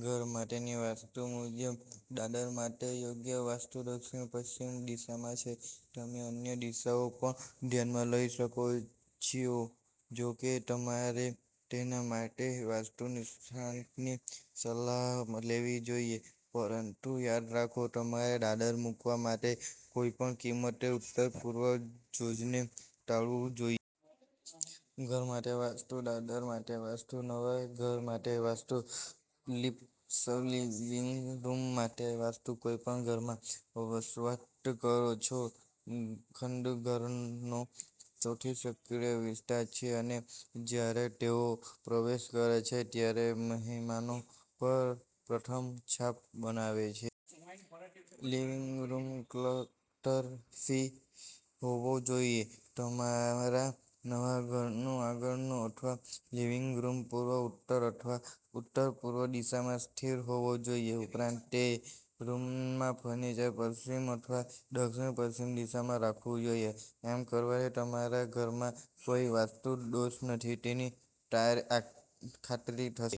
ઘર માટેની વાસ્તુ મુજબ, દાદર માટે યોગ્ય વાસ્તુ દક્ષિણ-પશ્ચિમ દિશામાં છે. તમે અન્ય દિશાઓ પણ ધ્યાનમાં લઈ શકો છોજો કે, તમારે તેના માટે વાસ્તુ નિષ્ણાતની સલાહ લેવી જોઈએ. પરંતુ યાદ રાખો, તમારે દાદર મૂકવા માટે કોઈપણ કિંમતે ઉત્તરપૂર્વ ઝોનને ટાળવું જોઈએ. ઘર માટે વાસ્તુઃ દાદર માટે વાસ્તુ. નવા ઘર માટે વાસ્તુ ટિપ્સલિવિંગ રૂમ માટે વાસ્તુ કોઈપણ ઘરમાં, વસવાટ કરો છો ખંડઘરનો સૌથી સક્રિય વિસ્તાર છે અને જ્યારે તેઓ પ્રવેશ કરે છે ત્યારે મહેમાનો પર પ્રથમ છાપ બનાવે છે. લિવિંગ રૂમ ક્લટર ફ્રી હોવો જોઈએ. તમારા નવા ઘરનો આગળનો અથવા લિવિંગ રૂમ પૂર્વ, ઉત્તર અથવા ઉત્તરપૂર્વ દિશામાં સ્થિત હોવો જોઈએ. ઉપરાંત, તે રૂમમાં ફર્નિચર પશ્ચિમ અથવા દક્ષિણ-પશ્ચિમ દિશામાં રાખવું જોઈએ. આમ કરવાથી તમારા ઘરમાં કોઈ વાસ્તુ દોષ નથી તેની ખાતરી થશે.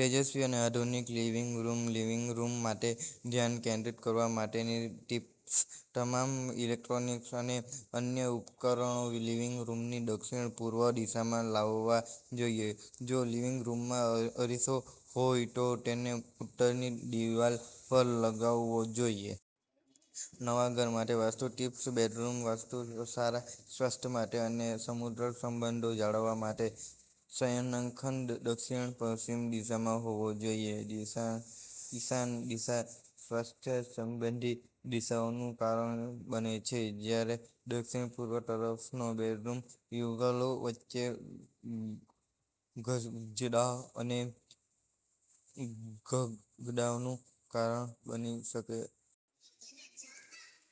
તેજસ્વી અને આધુનિક લિવિંગ રૂમ લિવિંગ રૂમ માટે ધ્યાન કેન્દ્રિત કરવા માટેની ટિપ્સ: તમામ ઈલેક્ટ્રોનિક્સ અને અન્ય ઉપકરણો લિવિંગ રૂમની દક્ષિણ-પૂર્વ દિશામાં લગાવવા જોઈએ. જો લિવિંગ રૂમમાં અરીસો હોય તો તેને ઉત્તરની દિવાલ પર લગાવવો જોઈએ. નવા ઘર માટે વાસ્તુ ટિપ્સ: બેડરૂમ વાસ્તુ સારા સ્વાસ્થ્ય માટે અને સમૃદ્ધ સંબંધો જાળવવા માટે, શયનખંડ દક્ષિણ પશ્ચિમ દિશામાં હોવો જોઈએ. ઈશાન દિશા સ્વાસ્થ્ય સંબંધી સમસ્યાઓનું કારણ બને છે, જ્યારે દક્ષિણ-પૂર્વ તરફનો બેડરૂમ યુગલો વચ્ચે ઝઘડા અને ઝઘડાનું કારણ બની શકે છે.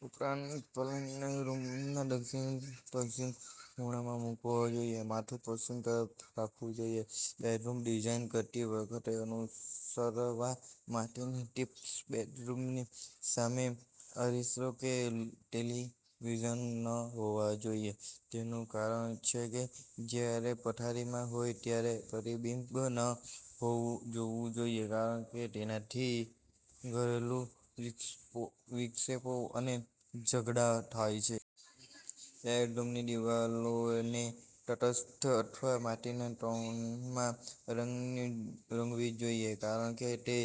ઉપરાંત, પલંગને રૂમના દક્ષિણ-પશ્ચિમ ખૂણામાં મુકવો જોઈએ, માથું પશ્ચિમ તરફ રાખવું જોઈએ. બેડરૂમ ડિઝાઇન કરતી વખતે અનુસરવા માટેની ટીપ્સ:બેડની સામે અરીસો કે ટેલિવિઝન ન હોવા જોઈએ. તેનું કારણછે કે જ્યારે પથારીમાં હોય ત્યારે પ્રતિબિંબ ન જોવું જોઈએ, કારણ કે તેનાથી ઘરેલું વિક્ષેપો અને ઝઘડા થાય છે. બેડરૂમની દિવાલોને તટસ્થ અથવા માટીના ટોનમાં રંગની રંગવી જોઈએ, કારણ કે તે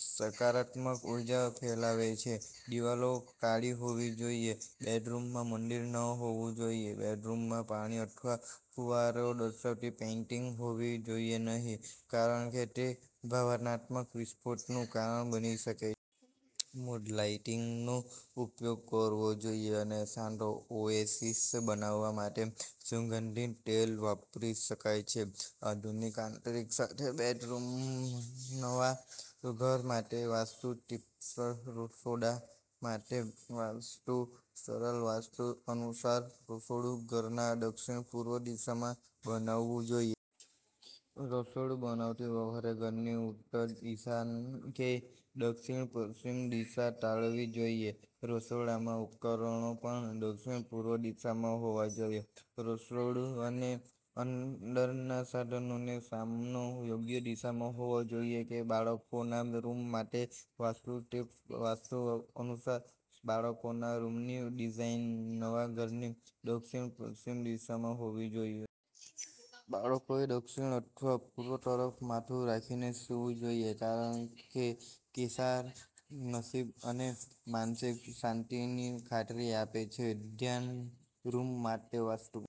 સકારાત્મક ઉર્જા ફેલાવે છે. દિવાલો કાળી હોવી જોઈએ. બેડરૂમમાં મંદિર ન હોવું જોઈએ. બેડરૂમમાં પાણી અથવા ફુવારાઓ દર્શાવતી પેઇન્ટિંગ્સ હોવી જોઈએ નહીં, કારણ કે તે ભાવનાત્મક વિસ્ફોટનું કારણ બની શકે છે. મૂડ લાઇટિંગનો ઉપયોગ કરવો જોઈએ, અને શાંત ઓએસિસ બનાવવા માટે સુગંધિત તેલ વાપરી શકાય છે. આધુનિક આંતરિક સાથે બેડરૂમનવા ઘર માટે વાસ્તુ ટિપ્સરસોડા માટે વાસ્તુ સરલ વાસ્તુ અનુસાર રસોડું ઘરના દક્ષિણ-પૂર્વ દિશામાં બનાવવું જોઈએ. રસોડું બનાવતી વખતે ઘરની ઉત્તર, ઈશાન કે દક્ષિણ-પશ્ચિમ દિશા ટાળવી જોઈએ. રસોડામાં ઉપકરણો પણ દક્ષિણ-પૂર્વ દિશામાં હોવા જોઈએ. રસોડું અને અંદરના સાધનોનો સામનો યોગ્ય દિશામાં હોવો જોઈએબાળકોના રૂમ માટે વાસ્તુ ટિપ્સ વાસ્તુ અનુસાર બાળકોના રૂમની ડિઝાઈન નવા ઘરની દક્ષિણ-પશ્ચિમ દિશામાં હોવી જોઈએ. બાળકોએ દક્ષિણ અથવા પૂર્વ તરફ માથું રાખીને સૂવું જોઈએ, કારણ કેસારા નસીબ અને માનસિક શાંતિની ખાતરી આપે છે. ધ્યાન રૂમ માટે વાસ્તુ